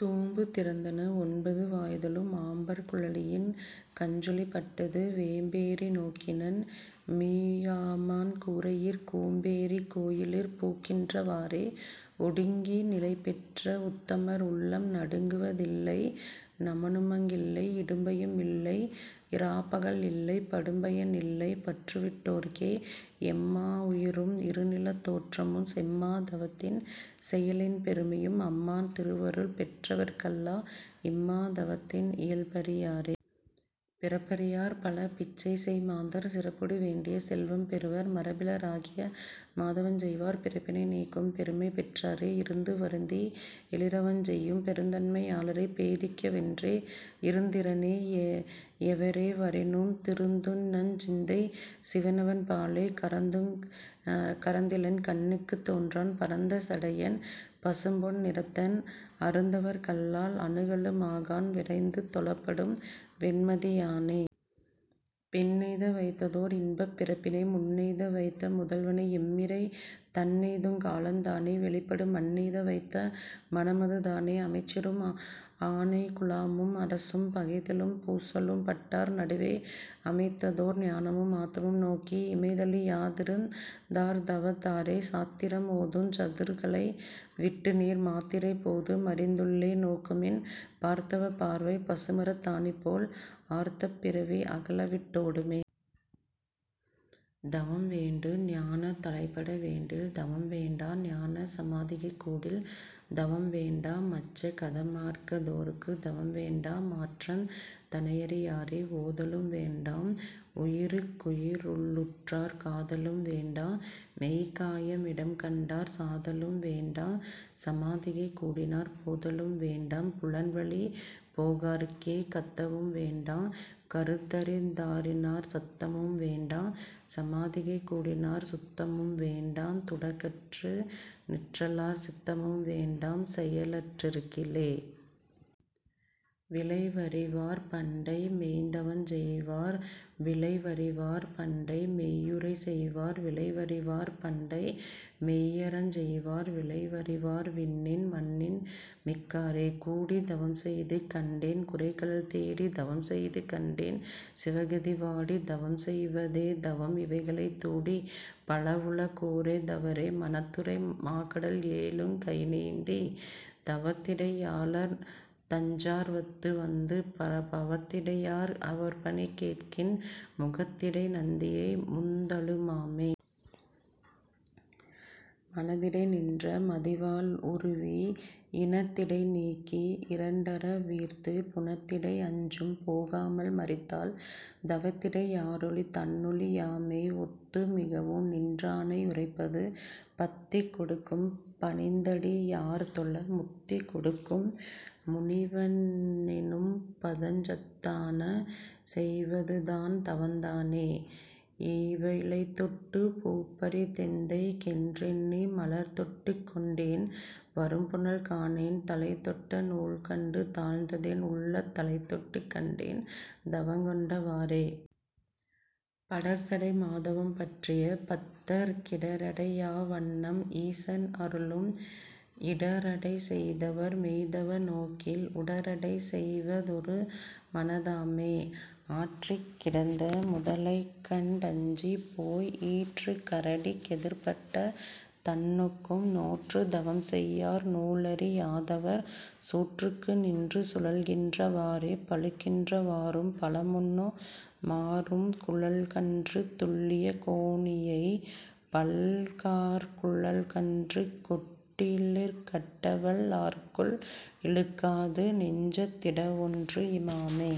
தூம்பு திறந்தன ஒன்பது வாய்தலும் ஆம்பற் குழலியின் கஞ்சுளிப் பட்டது வேம்பேறி நோக்கினன் மீகாமன் கூரையிற் கூம்பேறிக் கோயிலிற் பூக்கின்ற வாறே. ஒடுங்கி நிலைபெற்ற வுத்தமர் உள்ளம் நடுங்குவ தில்லை நமனுமங் கில்லை இடும்பையும் இல்லை இராப்பகல் இல்லை படும்பயன் இல்லை பற்றுவிட் டோர்க்கே. எம்மா ருயிரும் இருநிலத் தோற்றமுஞ் செம்மா தவத்தின் செயலின் பெருமையும் அம்மான் திருவருள் பெற்றவர்க் கல்லா இம்மா தவத்தின் இயல்பறி யாரே. பிறப்பறி யார்பல பிச்சைசெய் மாந்தர் சிறப்பொடு வேண்டிய செல்வம் பெறுவர் மறப்பில ராகிய மாதவஞ் செய்வார் பிறப்பினை நீக்கும் பெருமைபெற் றாரே. இருந்து வருந்தி எழிறவஞ் செய்யும் பெருந்தன்மை யாளரைப் பேதிக்க வென்றே இருந்திந் திரனே யெவரே வரினுந் திருந்துந்தஞ் சிந்தை சிவனவன் பாலே. கரந்துங் கரந்திலன் கண்ணுக்குந் தோன்றான் பரந்த சடையன் பசும்பொன் நிறத்தன் அருந்தவர்க் கல்லால் அணுகலு மாகான் விரைந்து தொழப்படும் வெண்மதி யானே. பின்னெய்த வைத்ததோர் இன்பப் பிறப்பினை முன்னெய்த வைத்த முதல்வனை எம்மிறை தன்னெய்துங் காலந்துத் தானே வெளிப்படும் மன்னெய்த வைத்த மனமது தானே. அமைச்சரும் ஆனைக் குழாமும் அரசும் பகைத்தெழும் பூசலுட் பட்டார் நடுவே அமைத்ததோர் ஞானமும் ஆத்தமும் நோக்கி இமைத்தழி யாதிருந் தார்தவத் தாரே. சாத்திரம் ஓதுஞ் சதுர்களை விட்டுநீர் மாத்திரைப் போது மறித்துள்ளே நோக்குமின் பார்த்தவப் பார்வை பசுமரத் தாணிபோல் ஆர்த்த பிறவி அகலவிட் டோடுமே. தவம்வேண்டு ஞானந் தலைபட வேண்டில் தவம்வேண்டா ஞான சமாதிகை கூடில் தவம்வேண்டா மச்ச கதமார்க்கத் தோர்க்கு தவம்வேண்டா மாற்றந் தனையறி யாரே. ஓதலும் வேண்டாம் உயிர்க்குயி ருள்ளுற்றாற் காதலும் வேண்டாமெய்க் காய மிடம்கண்டாற் சாதலும் வேண்டாஞ் சமாதிகை கூடினாற் போதலும் வேண்டாம் புலன்வழி போகார்க்கே. கத்தவும் வேண்டாங் கருத்தறிந் தாறினாற் சத்தமும் வேண்டாஞ் சமாதிகை கூடினாற் சுத்தமும் வேண்டாந் துடக்கற்று நிற்றலாற் சித்தமும் வேண்டாஞ் செயலற்றிருக்கிலே. விளைவறி வார்பண்டை மெய்த்தவஞ் செய்வார் விளைவறி வார்பண்டை மெய்யுரை செய்வார் விளைவறி வார்பண்டை மெய்யறஞ் செய்வார் விளைவறி வார்விண்ணின் மண்ணின்மிக் காரே. கூடித் தவஞ்செய்து கண்டேன் குரைகழல் தேடித் தவஞ்செய்து கண்டேன் சிவகதி வாடித் தவஞ்செய்வ தேதவம் இவைகளைந் தூடிற் பலவுல கோரெத் தவரே. மனத்துரை மாகடல் ஏழுங் கைநீந்தித் தவத்திடை யாளர்தஞ் சார்வத்து வந்து பவத்திடை யார் அவர்பணி கேட்கின் முகத்திடை நந்தியை முந்தலு மாமே. மனதிடை நின்ற மதிவாள் உருவி இனத்திடை நீக்கி இரண்டற வீர்த்துப் புனத்திடை அஞ்சும் போகாமல் மறித்தால் தவத்திடை யாறொளி தன்னொளி யாமே. ஒத்து மிகவு நின்றானை யுரைப்பது பத்தி கொடுக்கும் பணிந்தடி யார்தொழ முத்தி கொடுக்கும் முனிவன் னெனும்பதஞ் சத்தான செய்வது தான்தவந் தானே. இலைதொட்டுப் பூப்பறித் தெந்தைக்கென் றெண்ணி மலர்தொட்டுக் கொண்டேன் வரும்புனல் காணேன் தலைதொட்ட நூல்கண்டு தாழ்ந்ததென் உள்ளந் தலைதொட்டுக் கண்டேன் தவங்கொண்ட வாறே. படர்சடை மாதவம் பற்றிய பத்தர்க் கிடரடை யாவண்ணம் ஈசன் அருளும் இடரடை செய்தவர் மெய்த்தவ நோக்கில் உடரடை செய்வ தொருமனத் தாமே. ஆற்றிக் கிடந்த முதலைகண் டஞ்சிப்போய் ஈற்றுக் கரடிக் கெதிர்ப்பட்ட தன்னொக்கும் நோற்றுத் தவஞ்செய்யார் நூலறி யாதவர் சோற்றுக்கு நின்று சுழல்கின்ற வாறே. பழுக்கின்ற வாறும் பழமுண்ணு மாறுங் குழக்கன்று துள்ளியக் கோணியைப் பல்காற் குழக்கன்று கொட்டிலிற் கட்டவல் லார்க்குள் இழுக்காது நெஞ்சத் திடவொன்று மாமே.